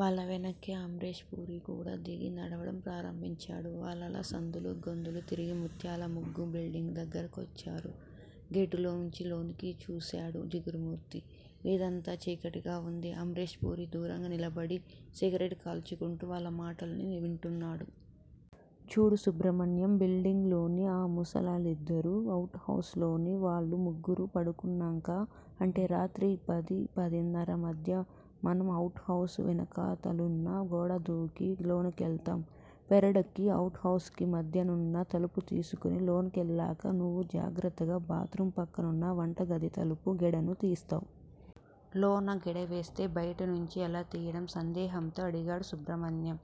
వాళ్ళ వెనకే అమ్రేష్ పురీ కూడా దిగి, నడవడం ప్రారంభించాడు. వాళ్ళలా సందులూ, గొందులూ తిరిగి ముత్యాల ముగ్గు బిల్డింగు దగ్గర కొచ్చారు. గేటులోంచి లోనకి చూశాడు జిగురుమూర్తి. వీధంతా చీకటిగా ఉంది. అమ్రేష్ పురీ దూరంగా నిలబడి సిగరెట్ కాల్చుకుంటూ వాళ్ళ మాటల్ని వింటున్నాడు. చూడు సుబ్రమణ్యం బిల్డింగ్ లోని ఆ ముసిలాళ్ళిద్దరూ, అవుట్ హౌస్ లోని వాళ్ళు ముగ్గురూ పడుకున్నాక, అంటే రాత్రి పది, పదిన్నర మధ్య మనం అవుట్ హౌస్ వెనకాతలున్న గోడదూకి, లోనకెళ్తాం పెరడుకీ, అవుట్ హౌస్ కీ మధ్యనున్న తలుపు తీసుకుని లోనకెళ్ళాక నువ్వు జాగ్రత్తగా బాత్రూం పక్కనున్న వంటగది తలుపు గెడను తీస్తావ్. లోన గెడవేస్తే బయటి నుంచి ఎలా తియ్యడం? సందేహంతో అడిగాడు సుబ్రమణ్యం.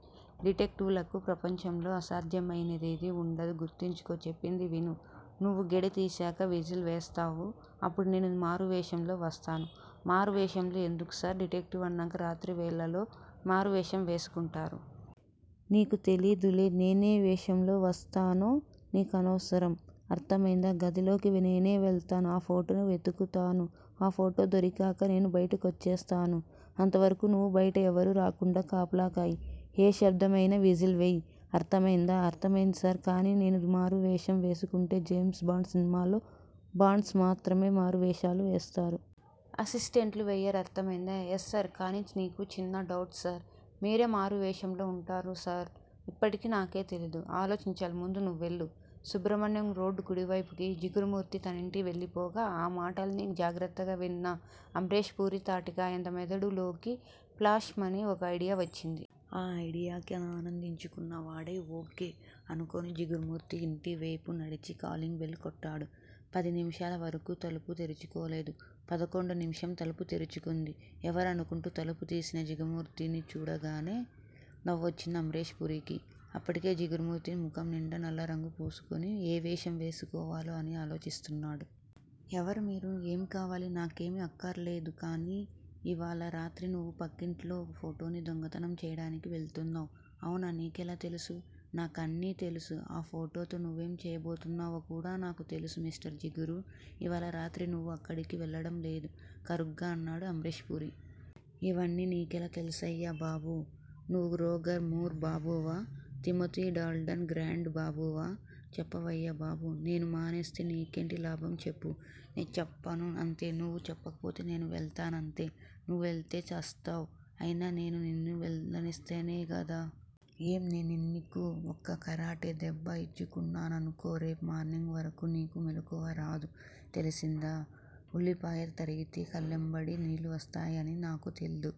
డిటెక్టివ్ లకు ప్రపంచంలో అసాధ్యమైనదేదీ ఉండదు గుర్తుంచుకో చెప్పింది విను. నువ్వు గెడ తీశాక విజిల్ వేస్తావ్ అప్పుడు నేను మారువేషంలో వస్తాను. మారు వేషంలో ఎందుకు సార్? డిటెక్టివ్ అన్నాక రాత్రివేళల్లో మారువేషం వేసుకుంటారు. నీకు తెలీదులే. నేనే వేషంలో వస్తానో నీకనవసరం. అర్ధమైందా? గదిలోకి నేవెళ్తాను ఆ ఫోటో వెతుకుతాను ఆ ఫోటో దొరికాక నేను బయటికొచ్చేస్తాను. అంతవరకూ నువ్వు బయట ఎవరూ రాకుండా కాపలా కాయి. ఏ శబ్దం అయినా 'విజిల్' వెయ్యి. అర్ధమైందా? అర్ధమైంది సార్! కానీ నేనూ మారువేషం వేసుకుంటే జేమ్స్ బాండ్ సినిమాల్లో, బాండ్స్ మాత్రమే మారువేషాలు వేస్తారు. అసిస్టెంట్లు వెయ్యరు అర్ధమైందా? ఎస్సర్ కానీ నీకు చిన్న డౌట్ సర్. మీరే మారువేషంలో ఉంటారు సర్? ఇప్పటికీ నాకే తెలీదు. ఆలోచించాలి ముందు నువ్వెళ్ళు. సుబ్రమణ్యం రోడ్డు కుడివేపుకి, జిగురుమూర్తి తనింటికి వెళ్ళిపోగా ఆ మాటలన్నీ జాగ్రత్తగా విన్న అమ్రేష్ పురీ తాటికాయంత మెదడులోకి 'ఫ్లాష్'మని ఓ అయిడియా వచ్చింది. ఆ అయిడియాకి ఆనందించుకున్న వాడై, ఓ. కే. అనుకుని జిగురుమూర్తి ఇంటివేపు నడిచి, కాలింగ్ బెల్ కొట్టాడు. పది నిమిషాల వరకూ తలుపు తెరుచుకోలేదు. పదకొండో నిమిషం తలుపు తెరుచుకుంది. ఎవరూ అనుకుంటూ తలుపు తీసిన జిగురుమూర్తిని చూడగానే నవ్వొచ్చింది అమ్రేష్ పురీకి. అప్పటికే జిగురుమూర్తి ముఖం నిండా నల్లరంగు పూసుకుని, ఏ వేషం వేసుకోవాలా అని ఆలోచిస్తున్నాడు. ఎవరు మీరు? ఏం కావాలి? నాకేమీ అక్కర్లేదు గానీ ఇవాళ రాత్రి నువ్వు పక్కింట్లో ఫోటోని దొంగతనం చెయ్యడానికి వెళ్తున్నావ్. అవునా? నీకెలా తెలుసు? నాకన్నీ తెలుసు ఆ ఫోటోతో నువ్వేం చెయ్యబోతున్నావో కూడా నాకు తెలుసు మిస్టర్ జిగురూ ఇవాళ రాత్రి నువ్వు అక్కడికి వెళ్ళడం లేదు కరుగ్గా అన్నాడు అమ్రేష్ పురి. ఇవన్నీ నీకెలా తెల్సాయయ్యా బాబూ నువ్వు రోగర్ మూర్ బాబువా? తిమోతీ డాల్టన్ గ్రాండ్ బాబువా? చెప్పవయ్యా బాబు? నేను మానేస్తే నీకేంటి లాభం చెప్పు. నేచ్చెప్పను అంతే నువ్వు చెప్పకపోతే, నే వెళ్తానంతే. నువ్వు వెళ్తే ఛస్తావ్ అయినా నేను నిన్ను వెళ్ళనిస్తేనే గదా! ఏం? నేన్నీకు ఒక్క కరాటే దెబ్బ ఇచ్చుకున్నాననుకో రేపు మార్నింగ్ వరకూ నీకు మెలుకువ రాదు. తెల్సిందా? ఉల్లిపాయ తరిగితే కళ్ళెంబడి నీళ్ళు వస్తాయని నాకు తెలీదు.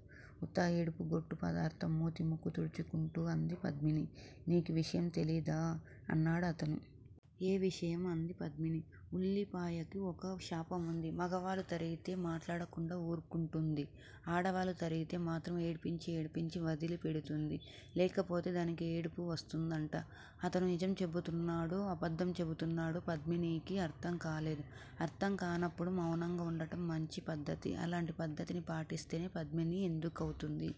ఉత్త ఏడుపుగొట్టు పదార్ధం మూతి ముక్కు తుడుచుకుంటూ అంది పద్మిని. నీకీ విషయం తెలీదా! అన్నాడు అతను. ఏ విషయం? అంది పద్మిని. ఉల్లిపాయకి ఒక శాపం వుంది. మగవాళ్ళు తరిగితే మాట్లాడకుండా ఊర్కుంటుంది. ఆడవాళ్ళు తరిగితే మాత్రం ఏడిపించి ఏడిపించి వదిలి పెడుతుంది. లేకపోతే దానికి ఏడుపు వస్తుందట. అతను నిజం చెబుతున్నాడో, అబద్ధం చెబుతున్నాడో? పద్మినీకి అర్ధంకాలేదు. అర్ధం కానప్పుడు మౌనంగా వుండటం మంచి పద్ధతి. అలాంటి పద్ధతిని పాటిస్తే 'పద్మిని' ఎందుకౌతుంది.